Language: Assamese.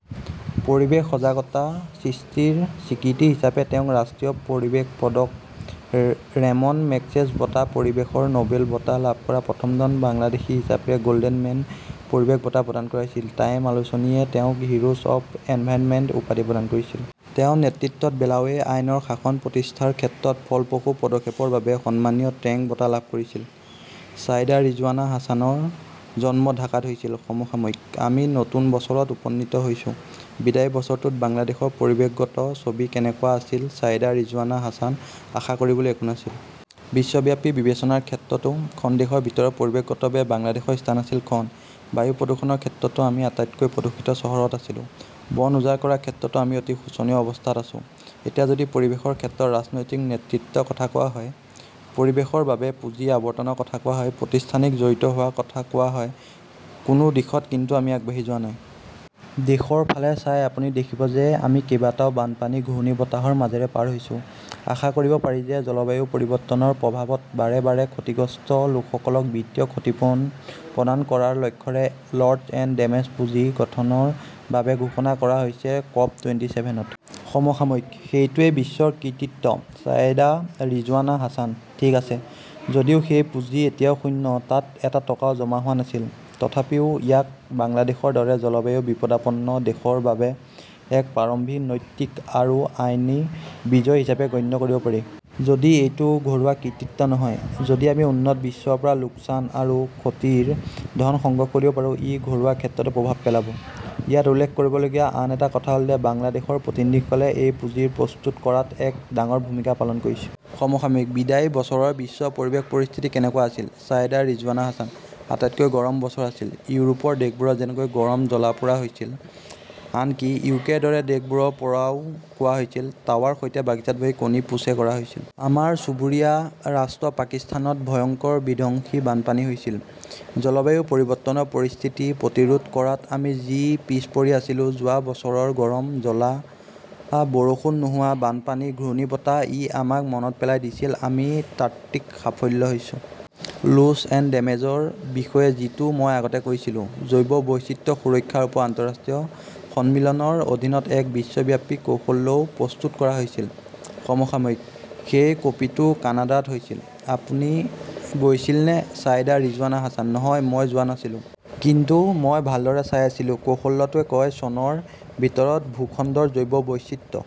পৰিৱেশ সজাগতা সৃষ্টিৰ স্বীকৃতি হিচাপে তেওঁক ৰাষ্ট্ৰীয় পৰিৱেশ পদক, ৰেমন মেগছেছ বঁটা আৰু পৰিৱেশৰ নোবেল বঁটা লাভ কৰা প্ৰথমজন বাংলাদেশী হিচাপে গোল্ডমেন পৰিৱেশ বঁটা প্ৰদান কৰা হৈছিল। টাইম আলোচনীয়ে তেওঁক হিৰোজ অৱ এনভাইৰনমেণ্ট উপাধি প্ৰদান কৰিছিল। তেওঁৰ নেতৃত্বত বেলাৱে আইনৰ শাসন প্ৰতিষ্ঠাৰ ক্ষেত্ৰত ফলপ্ৰসূ পদক্ষেপৰ বাবে সন্মানীয় টেং বঁটা লাভ কৰিছিল। ছায়েদা ৰিজৱানা হাছানৰ জন্ম ঢাকাত হৈছিল। সমসাময়িকঃ আমি নতুন বছৰত উপনীত হৈছো। বিদায়ী বছৰটোত বাংলাদেশৰ পৰিৱেশগত ছবি কেনেকুৱা আছিল ছায়েদা ৰিজৱানা হাছানঃ আশা কৰিবলৈ একো নাছিল। বিশ্বব্যাপী বিবেচনাৰ ক্ষেত্ৰতো খন দেশৰ ভিতৰত পৰিৱেশগতৱে বাংলাদেশৰ স্থান আছিল খন। বায়ু প্ৰদূষণৰ ক্ষেত্ৰতো আমি আটাইতকৈ প্ৰদূষিত চহৰত আছিলো। বন উজাৰ কৰাৰ ক্ষেত্ৰতো আমি অতি শোচনীয় অৱস্থাত আছো। এতিয়া যদি পৰিৱেশৰ ক্ষেত্ৰত ৰাজনৈতিক নেতৃত্ব কথা কোৱা হয়, পৰিৱেশৰ বাবে পুঁজি আবৰতনৰ কথা কোৱা হয়, প্ৰতিষ্ঠানিক জড়িত হোৱাৰ কথা কোৱা হয়-কোনো দিশত কিন্তু আমি আগবাঢ়ি যোৱা নাই। দেশৰ ফালে চাই আপুনি দেখিব যে আমি কেইবাটাও বানপানী আৰু ঘূৰ্ণীবতাহৰ মাজেৰে পাৰ হৈছো। আশা কৰিব পাৰি যে জলবায়ু পৰিৱৰ্তনৰ প্ৰভাৱত বাৰে বাৰে ক্ষতিগ্ৰস্ত লোকসকলক বিত্তীয় ক্ষতিপূৰণ প্ৰদান কৰাৰ লক্ষ্যৰে লছ এণ্ড ডেমেজ পুঁজি গঠনৰ বাবে ঘোষণা কৰা হৈছে কপ টুৱেণ্টিচেভেনত। সমসাময়িকঃ সেইটোৱেই বিশ্বৰ কৃতিত্ব। ছায়েদা ৰিজৱানা হাছানঃ ঠিক আছে। যদিও সেই পুঁজি এতিয়া শূন্য, তাত এটা টকাও জমা হোৱা নাছিল। তথাপিও ইয়াক বাংলাদেশৰ দৰে জলবায়ু বিপদাপন্ন দেশৰ বাবে এক প্ৰাৰম্ভিক নৈতিক আৰু আইনী বিজয় হিচাপে গণ্য কৰিব পাৰি। যদিও এইটো ঘৰুৱা কৃতিত্ব নহয়, যদি আমি উন্নত বিশ্বৰ পৰা লোকচান আৰু ক্ষতিৰ ধন সংগ্ৰহ কৰিব পাৰোঁ, ই ঘৰুৱা ক্ষেত্ৰতো প্ৰভাৱ পেলাব। ইয়াত উল্লেখ কৰিবলগীয়া আন এটা কথা হ’ল যে বাংলাদেশৰ প্ৰতিনিধিসকলে এই পুঁজি প্ৰস্তুত কৰাত এক ডাঙৰ ভূমিকা পালন কৰিছে। সমসাময়িকঃ বিদায়ী বছৰৰ বিশ্ব পৰিৱেশ পৰিস্থিতি কেনেকুৱা আছিল ছায়েদা ৰিজৱানা হাছানঃ আটাইতকৈ গৰম বছৰ আছিল। ইউৰোপৰ দেশবোৰত যেনেকৈ গৰম জ্বলা-পোৰা হৈছিল, আনকি ইউকেৰ দৰে দেশবোৰৰ পৰাও কোৱা হৈছিল, তৱাৰ সৈতে বাগিচাত বহি কণী পোছে কৰা হৈছিল। আমাৰ চুবুৰীয়া ৰাষ্ট্ৰ পাকিস্তানত ভয়ংকৰ বিধ্বংসী বানপানী হৈছিল। জলবায়ু পৰিৱৰ্তনৰ পৰিস্থিতি প্ৰতিৰোধ কৰাত আমি যি পিছ পৰি আছিলো-যোৱা বছৰৰ গৰম জ্বলা, বৰষুণ নোহোৱা, বানপানী, ঘূৰ্ণীবতাহ-ই আমাক মনত পেলাই দিছিল। আমি তাত্ত্বিক সাফল্য হৈছোঁ। লোছ এণ্ড ডেমেজৰ বিষয়ে, যিটো মই আগতে কৈছিলো। জৈৱ বৈচিত্ৰ্য সুৰক্ষাৰ ওপৰত আন্তঃৰাষ্ট্ৰীয় সন্মিলনৰ অধীনত এক বিশ্বব্যাপী কৌশলও প্ৰস্তুত কৰা হৈছিল। সমসাময়িকঃ সেই কপিটো কানাডাত হৈছিল। আপুনি গৈছিলনে ছায়েদা ৰিজৱানা হাছানঃ নহয়, মই যোৱা নাছিলো। কিন্তু মই ভালদৰে চাই আছিলো। কৌশলটোৱে কয়- চনৰ ভিতৰত ভূখণ্ডৰ জৈৱ বৈচিত্ৰ্য